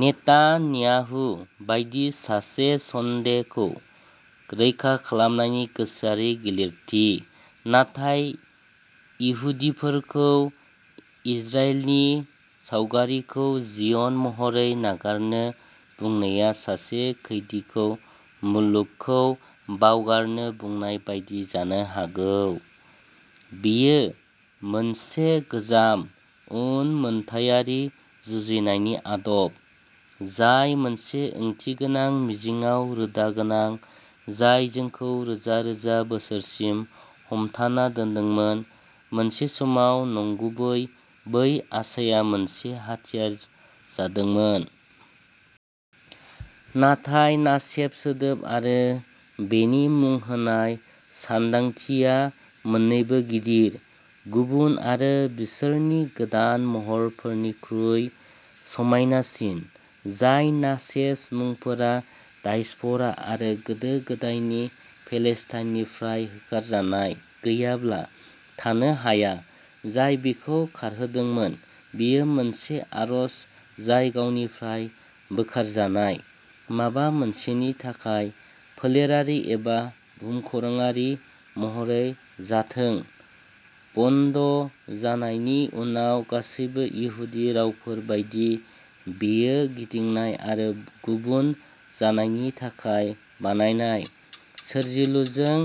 Netanyahu बायदि सासे स'न्डेखौ रैखा खालामनायनि गोसोआरि गिलिरथि। नाथाय इहुदिफोरखौ इजराइलनि सावगारिखौ जिय'न महरै नागारनो बुंनाया सासे खैदीखौ मुलुगखौ बावगारनो बुंनाय बायदि जानो हागौ। बेयो मोनसे गोजाम, उनमोनथायारि जुजिनायनि आदब, जाय मोनसे ओंथिगोनां मिजिंआव रोदा गोनां, जाय जोंखौ रोजा-रोजा बोसोरसिम हमथाना दोनदोंमोन; मोनसे समाव नंगुबै, बै आसाया मोनसे हाथियार जादोंमोन। नाथाय नाचेस सोदोब आरो बेनि मुं होनाय सानदांथिया मोन्नैबो गिदिर, गुबुन आरो बिसोरनि गोदान महरफोरनिख्रुइ समायनासिन। जाय नाचेस मुंफोरा डायस्प'रा आरो गोदो-गोदायनि पेलेस्टाइननिफ्राय होखारजानाय गैयाब्ला थानो हाया, जाय बेखौ खारहोदोंमोन। बेयो मोनसे आरज जाय गावनिफ्राय बोखारजानाय माबा मोनसेनि थाखाय, फोलेरारि एबा भुमखौराङारि महरै जाथों; बनद'जानायनि उनाव गासैबो इहुदि रावफोर बायदि, बेयो गिदिंनाय आरो गुबुन जानायनि थाखाय बानायनाय, सोरजिलुजों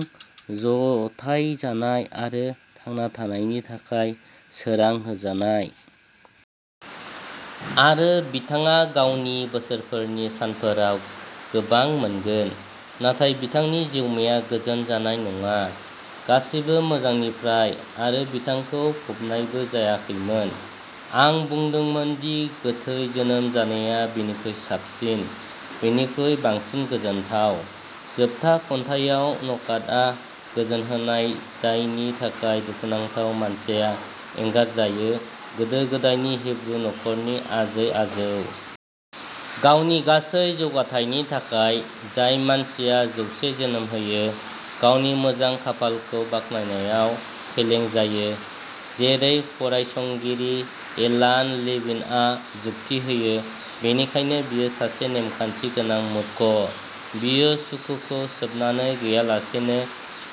जथायजानाय आरो थांना थानायनि थाखाय सोरां होजानाय। आरो बिथाङा गावनि बोसोरफोरनि सानफोराव गोबां मोनगोन, नाथाय बिथांनि जिउमाया गोजोन जानाय नङा। गासैबो मोजांनिफ्राय, आरो बिथांखौ फबनायबो जायाखैमोन। आं बुंदोंमोन दि गोथै जोनोम जानाया बिनिख्रुइ साबसिन. बेनिख्रुइ बांसिन गोजोनथाव। जोबथा खन्थाइआव, नखातआ "गोजोनहोनाय" जायनि थाखाय दुखुनांथाव मानसिया एंगारजायो, गोदो गोदायनि हिब्रु नख'रनि आजै-आजौ। गावनि गासै जौगाथायनि थाखाय, जाय मानसिया "जौसे जोनोम होयो" गावनि मोजां खाफालखौ बाख्नायनायाव फेलें जायो। जेरै फरायसंगिरि एतान लेभिनआ जुक्ति होयो, बेनिखायनो बियो सासे "नेमखान्थि गोनां मूर्ख": बियो सुखुखौ सोबनानै गैयालासेनो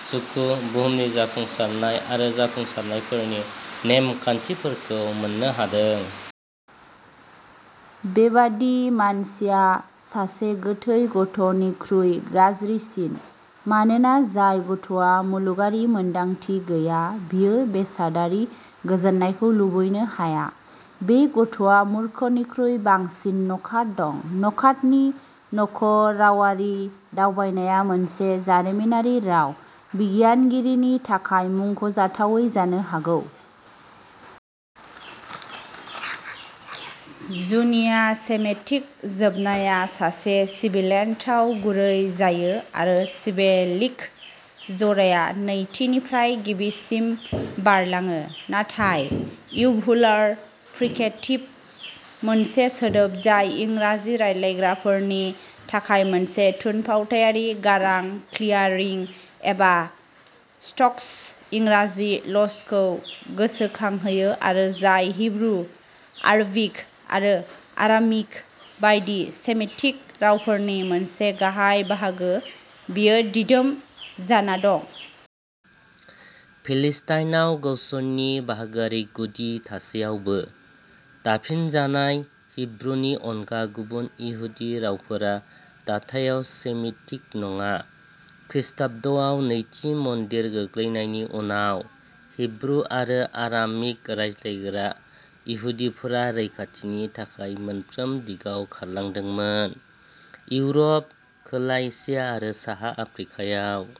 सुखु, बुहुमनि जाफुंसारनाय आरो जाफुंसारनायफोरनि नेमखान्थिफोरखौ मोननो हादों। बेबादि मानसिया "सासे गोथै गथ'" निख्रुइ गाज्रिसिन, मानोना जाय गथ'आ मुलुगारि मोन्दांथि गैया बियो बेसादारि गोजोननायखौ लुबैनो हाया; बे गथ'आ मूर्खनिख्रुइ बांसिन नखात दं। नखातनि नख'रावारि दावबायनाया मोनसे जारिमिनारि राव बिगियानगिरिनि थाखाय मुंख'जाथावै जानो हागौ। जुनिया सेमिटिक जोबनाया सासे सिबिलेन्टआव गुरै जायो आरो सिलेबिक जराया नैथिनिफ्राय गिबिसिम बारलाङो। नाथाय। इउभुलार फ्रिकेटिभ, मोनसे सोदोब जाय इंराजि रायज्लायग्राफोरनि थाखाय मोनसे थुनफावथायारि गारां-क्लियारिं एबा स्कट्स-इंराजि ल'चखौ गोसोखांहोयो आरो जाय हिब्रु, आरबिक आरो आरामिक बायदि सेमिटिक रावफोरनि मोनसे गाहाय बाहागो, बेयो दिदोम जाना दं। पेलेस्टाइनआव गावसोरनि बाहागोआरि गुदि थासेयावबो, दाफिनजानाय हिब्रुनि अनगा गुबुन इहुदि रावफोरा दाथायाव सेमिटिक नङा। खृष्टाब्दआव नैथि मन्दिर गोग्लैनायनि उनाव, हिब्रु-आरो आरामिक रायज्लायग्रा इहुदिफोरा रैखाथिनि थाखाय मोनफ्रोम दिगाव खारलांदोंमोन, इउर'प, खोला एसिया आरो साहा आफ्रिकायाव।